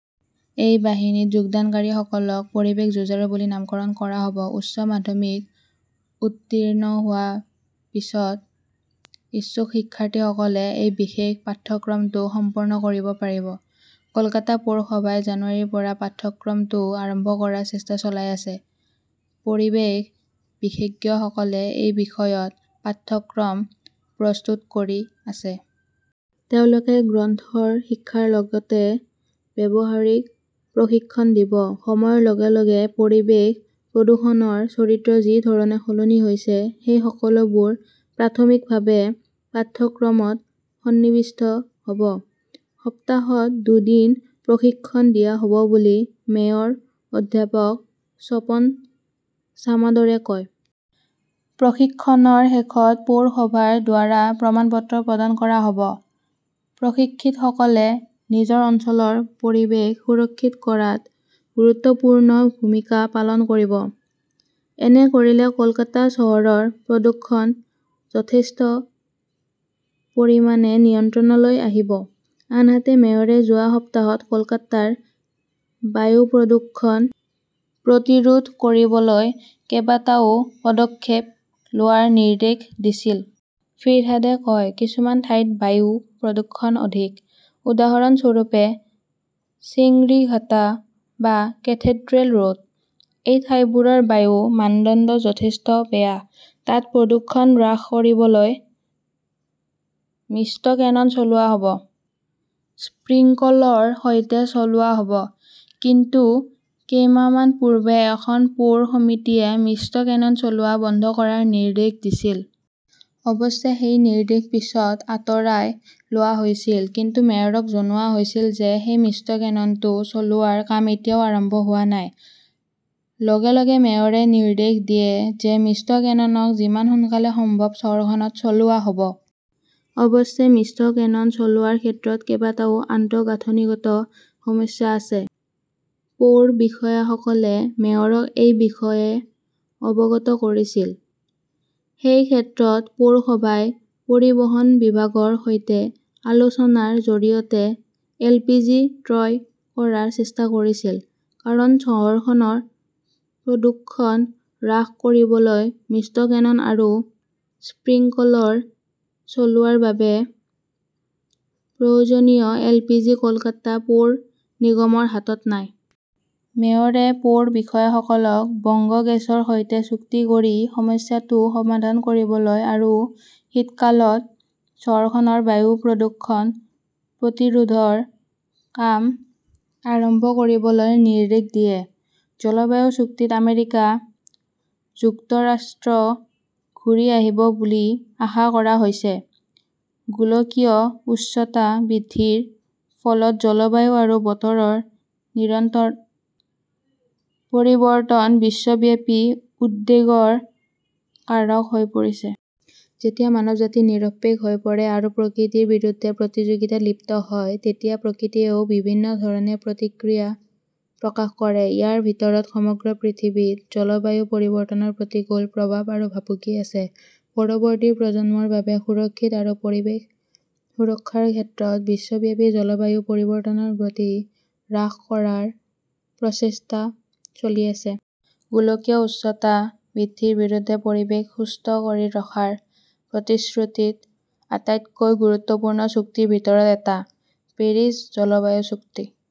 এই বাহিনীত যোগদানকাৰীসকলক 'পৰিৱেশ যুঁজাৰু' বুলি নামকৰণ কৰা হ'ব। উচ্চ মাধ্যমিক উত্তীৰ্ণ হোৱাৰ পিছত ইচ্ছুক শিক্ষাৰ্থীসকলে এই বিশেষ পাঠ্যক্ৰমটো সম্পন্ন কৰিব পাৰিব। কলকাতা পৌৰসভাই জানুৱাৰীৰ পৰা পাঠ্যক্ৰমটো আৰম্ভ কৰাৰ চেষ্টা চলাই আছে। পৰিৱেশ বিশেষজ্ঞসকলে এই বিষয়ত পাঠ্যক্ৰম প্ৰস্তুত কৰি আছে। তেওঁলোকে গ্ৰন্থৰ শিক্ষাৰ লগতে ব্যৱহাৰিক প্ৰশিক্ষণ দিব। সময়ৰ লগে লগে পৰিৱেশ প্ৰদূষণৰ চৰিত্ৰ যি ধৰণে সলনি হৈছে, সেই সকলোবোৰ প্ৰাথমিকভাৱে পাঠ্যক্ৰমত সন্নিৱিষ্ট হব। সপ্তাহত দুদিন প্ৰশিক্ষণ দিয়া হ'ব বুলি মেয়ৰ অধ্যাপক স্বপন ছামাদৰে কয়। প্ৰশিক্ষণৰ শেষত পৌৰসভাৰ দ্বাৰা প্ৰমাণপত্ৰ প্ৰদান কৰা হ 'ব। প্ৰশিক্ষিতসকলে নিজৰ অঞ্চলৰ পৰিৱেশ সুৰক্ষিত কৰাত গুৰুত্বপূৰ্ণ ভূমিকা পালন কৰিব। এনে কৰিলে কলকাতা চহৰৰ প্ৰদূষণ যথেষ্ট পৰিমাণে নিয়ন্ত্ৰণলৈ আহিব। আনহাতে, মেয়ৰে যোৱা সপ্তাহত কলকাতাৰ বায়ু প্ৰদূষণ প্ৰতিৰোধ কৰিবলৈ কেইবাটাও পদক্ষেপ লোৱাৰ নিৰ্দেশ দিছিল। ফিৰহাদে কয় "কিছুমান ঠাইত বায়ু প্ৰদূষণ অধিক", । উদাহৰণস্বৰূপে, চিংৰিঘাটা বা কেথেড্ৰেল ৰোড। এই ঠাইবোৰৰ বায়ুৰ মানদণ্ড যথেষ্ট বেয়া। তাত প্ৰদূষণ হ্ৰাস কৰিবলৈ মিষ্ট কেনন চলোৱা হ "ব। স্প্ৰিংকলৰৰ সৈতে চলোৱা হ'ব। কিন্তু কেইমাহমান পূৰ্বে এখন পৌৰ সমিতিয়ে মিষ্ট কেনন চলোৱা বন্ধ কৰাৰ নিৰ্দেশ দিছিল। অৱশ্যে, সেই নিৰ্দেশ পিছত আঁতৰাই লোৱা হৈছিল। কিন্তু মেয়ৰক জনোৱা হৈছিল যে সেই মিষ্ট কেননটো চলোৱাৰ কাম এতিয়াও আৰম্ভ হোৱা নাই। লগে লগে মেয়ৰে নিৰ্দেশ দিয়ে যে মিষ্ট কেননক যিমান সোনকালে সম্ভৱ চহৰখনত চলোৱা হ 'ব। অৱশ্যে মিষ্ট কেনন চলোৱাৰ ক্ষেত্ৰত কেইবাটাও আন্তঃগাঁথনিগত সমস্যা আছে। পৌৰ বিষয়াসকলে মেয়ৰক এই বিষয়ে অৱগত কৰিছিল। সেই ক্ষেত্ৰত পৌৰসভাই পৰিবহণ বিভাগৰ সৈতে আলোচনাৰ জৰিয়তে এলপিজি ক্ৰয় কৰাৰ চেষ্টা কৰিছিল। কাৰণ চহৰখনৰ প্ৰদূষণ হ্ৰাস কৰিবলৈ মিষ্ট কেনন আৰু স্প্ৰিংকলৰ চলোৱাৰ বাবে প্ৰয়োজনীয় এলপিজি কলকাতা পৌৰ নিগমৰ হাতত নাই। মেয়ৰে পৌৰ বিষয়াসকলক বংগ গেছৰ সৈতে চুক্তি কৰি সমস্যাটো সমাধান কৰিবলৈ আৰু শীতকালত চহৰখনৰ বায়ু প্ৰদূষণ প্ৰতিৰোধৰ কাম আৰম্ভ কৰিবলৈ নিৰ্দেশ দিয়ে। জলবায়ু চুক্তিত আমেৰিকা যুক্তৰাষ্ট্ৰ ঘূৰি আহিব বুলি আশা কৰা হৈছে। গোলকীয় উষ্ণতা বৃদ্ধিৰ ফলত জলবায়ু আৰু বতৰৰ নিৰন্তৰ পৰিৱৰ্তন বিশ্বব্যাপী উদ্বেগৰ কাৰক হৈ পৰিছে। যেতিয়া মানৱজাতি নিৰপেক্ষ হৈ পৰে আৰু প্ৰকৃতিৰ বিৰুদ্ধে প্ৰতিযোগিতাত লিপ্ত হয়, তেতিয়া প্ৰকৃতিয়েও বিভিন্ন ধৰণে প্ৰতিক্ৰিয়া প্ৰকাশ কৰে। ইয়াৰ ভিতৰত সমগ্ৰ পৃথিৱীত জলবায়ু পৰিৱৰ্তনৰ প্ৰতিকূল প্ৰভাৱ আৰু ভাবুকি আছে। পৰৱৰ্তী প্ৰজন্মৰ বাবে সুৰক্ষিত আৰু পৰিৱেশ সুৰক্ষাৰ ক্ষেত্ৰত বিশ্বব্যাপী জলবায়ু পৰিৱৰ্তনৰ গতি হ্ৰাস কৰাৰ প্ৰচেষ্টা চলি আছে। গোলকীয় উষ্ণতা বৃদ্ধিৰ বিৰুদ্ধে পৰিৱেশ সুস্থ কৰি ৰখাৰ প্ৰতিশ্ৰুতিত আটাইতকৈ গুৰুত্বপূৰ্ণ চুক্তিৰ ভিতৰত এটা, পেৰিছ জলবায়ু চুক্তি ।